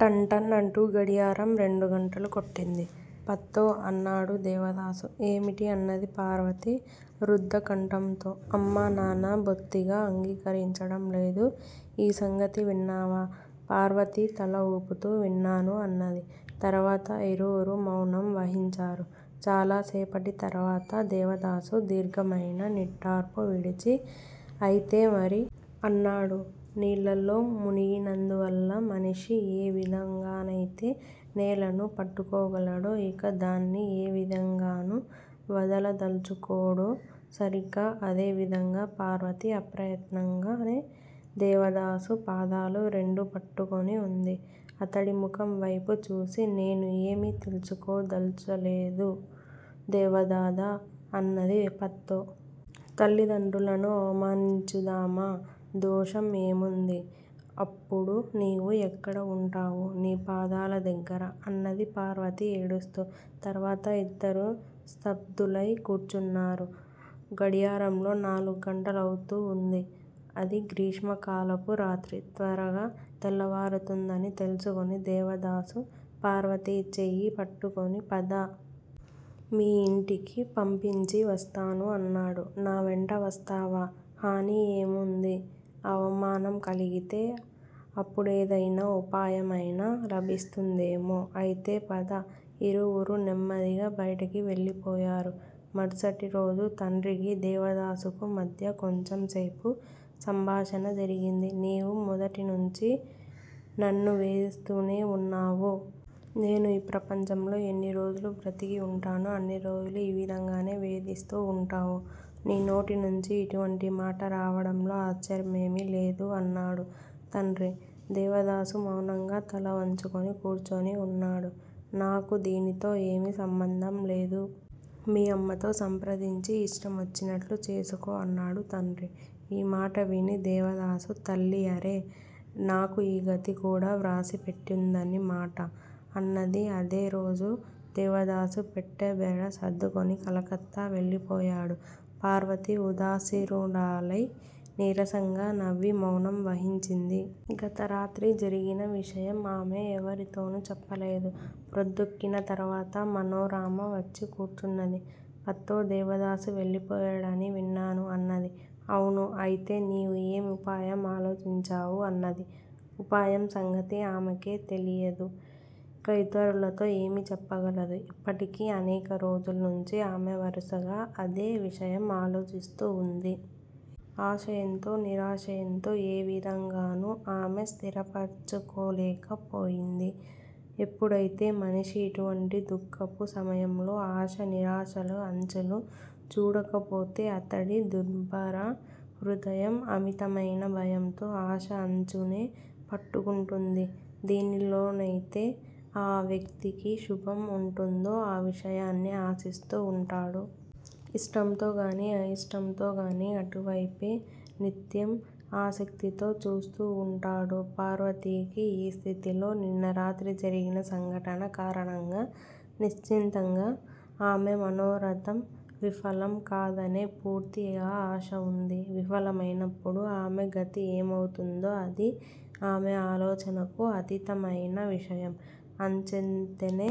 టన్ టన్ అంటూ గడియారం రెండు గంటలు కొట్టింది. పత్తో! అన్నాడు దేవదాసు. ఏమిటి అన్నది పార్వతి రుద్ధకంఠంతో. అమ్మా, నాన్నా బొత్తిగా అంగీకరించడం లేదు. ఈ సంగతి విన్నావా? పార్వతి తల ఊపుతూ విన్నాను అన్నది. తరువాత ఇరువురూ మౌనం వహించారు. చాలా సేపటి తరువాత దేవదాసు దీర్ఘమైన నిట్టర్పు విడిచి అయితే మరీ? అన్నాడు. నీళ్లల్లో మునిగినందువల్ల మనిషి ఏ విధంగానైతే నేలను పట్టుకోగలడో, ఇక దాన్ని ఏ విధంగానూ వదలదలచుకోడో సరిగ్గా అదే విధంగా పార్వతి అప్రయత్నంగానే దేవదాసు పాదాలు రెండూ పట్టుకొని ఉంది. అతడి ముఖం వైపు చూసి నేను ఏమీ తెలుసుకోదలచలేదు దేవదాదా! అన్నది. పత్తో! తల్లిదండ్రులను అవమానించుదామా? దోషం ఏముంది? అప్పుడు నీవు ఎక్కడ ఉంటావు? నీ పాదాల దగ్గర! అన్నది పార్వతి ఏడుస్తూ. తరువాత ఇద్దరూ స్తబ్దులై కూర్చున్నారు. గడియారంలో నాలుగు గంటలవుతూ ఉంది. అది గ్రీష్మకాలపు రాత్రి. త్వరగా తెల్లవారుతుందని తెలుసుకొని దేవదాసు పార్వతి చేయి పట్టుకొని పద! మీ ఇంటికి పంపించి వస్తాను అన్నాడు. నా వెంట వస్తావా? హాని ఏముంది? అవమానం కలిగితే అప్పుడేదైనా ఉపాయమైనా లభిస్తుందేమో! అయితే పద! ఇరువురూ నెమ్మదిగా బయటికి వెళ్లిపోయారు. మరుసటి రోజు తండ్రికీ దేవదాసుకూ మధ్య కొంచెం సేపు సంభాషణ జరిగింది. నీవు మొదటినుంచీ నన్ను వేధిస్తూనే వూన్నావు. నేను ఈ ప్రపంచంలో ఎన్ని రోజులు బ్రతికి ఉంటానో అన్ని రోజులు ఈ విధంగానే వేధిస్తూ ఉంటావు. నీ నోటినుంచి ఇటువంటి మాట రావడంలో ఆశ్చర్యమేమీ లేదు అన్నాడు తండ్రి. దేవదాసు మౌనంగా తల వంచుకొని కూర్చొని ఉన్నాడు. నాకు దీనితో ఏమీ సంబంధం లేదు. మీ అమ్మతో సంప్రదించి ఇష్టం వచ్చినట్లు చేసుకో అన్నాడు తండ్రి. ఈ మాట విని దేవదాసు తల్లి అరే, నాకు ఈ గతి కూడా వ్రాసి పెట్టి ఉందన్న మాట! అన్నది. అదే రోజు దేవదాసు పెట్టె, బేడా సర్దుకొని కలకత్తా వెళ్లిపోయాడు. పార్వతి ఉదాసీనురాలై నీరసంగా నవ్వి మౌనం వహించింది. గతరాత్రి జరిగిన విషయం ఆమె ఎవరితోనూ చెప్పలేదు. ప్రొద్దెక్కిన తరువాత మనోరమ వచ్చి కూర్చున్నది. పత్తో! దేవదాసు వెళ్లిపోయాడని విన్నాను? అన్నది. అవును. అయితే నీవు ఏమి ఉపాయం ఆలోచించావు? అన్నది. ఉపాయం సంగతి ఆమెకే తెలియదు, ఇక ఇతరులతో ఏమి చెప్పగలదు? ఇప్పటికి అనేక రోజుల నుంచి ఆమె వరుసగా అదే విషయం ఆలోచిస్తూ ఉంది. ఆశ ఎంతో, నిరాశ ఎంతో ఏ విధంగానూ ఆమె స్థిరపరచుకోలేక పోయింది. ఎప్పుడైతే మనిషి ఇటువంటి దుఃఖపు సమయంలో ఆశ, నిరాశల అంచులు చూడకపోతే అతడి దుర్భర హృదయం అమితమైన భయంతో ఆశ అంచునే పట్టుకుంటుంది. దేనిలోనైతే ఆ వ్యక్తికి శుభం ఉంటుందో ఆ విషయాన్నే ఆశిస్తూ ఉంటాడు. ఇష్టంతోగానీ, అయిష్టంతోగానీ అటువైపే నిత్యం ఆసక్తితో చూస్తూ ఉంటాడు. పార్వతికి ఈ స్థితిలో నిన్నరాత్రి జరిగిన సంఘటన కారణంగా నిశ్చితంగా ఆమె మనోరథం విఫలం కాదనే పూర్తిగా ఆశ ఉంది. విఫలమైనప్పుడు ఆమె గతి ఏమవుతుందో అది ఆమె ఆలోచనకు అతీతమైన విషయం. అంచేతనే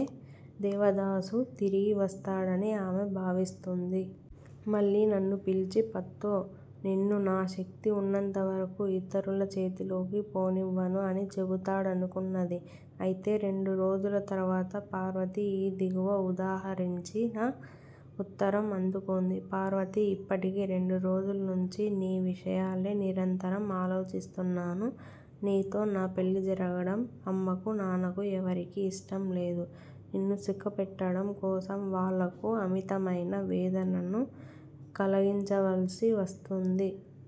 దేవదాసు తిరిగి వస్తాడని ఆమె భావిస్తుంది. మళ్లీ నన్ను పిలిచి పత్తో! నిన్ను నా శక్తి ఉన్నంతవరకు ఇతరుల చేతిలోనికి పోనివ్వను అని చెబుతాడనుకున్నది. అయితే రెండు రోజుల తరువాత పార్వతి ఈ దిగువ ఉదాహరించిన ఉత్తరం అందుకున్నది. పార్వతీ, ఇప్పటికి రెండు రోజుల నుంచి నీ విషయాలే నిరంతరం ఆలోచిస్తున్నాను. నీతో నా పెళ్లి జరగడం అమ్మకూ, నాన్నకూ ఎవరికీ ఇష్టంలేదు. నిన్ను సుఖపెట్టడం కోసం వాళ్లకు అమితమైన వేదనను కలిగించవలసి వస్తుంది.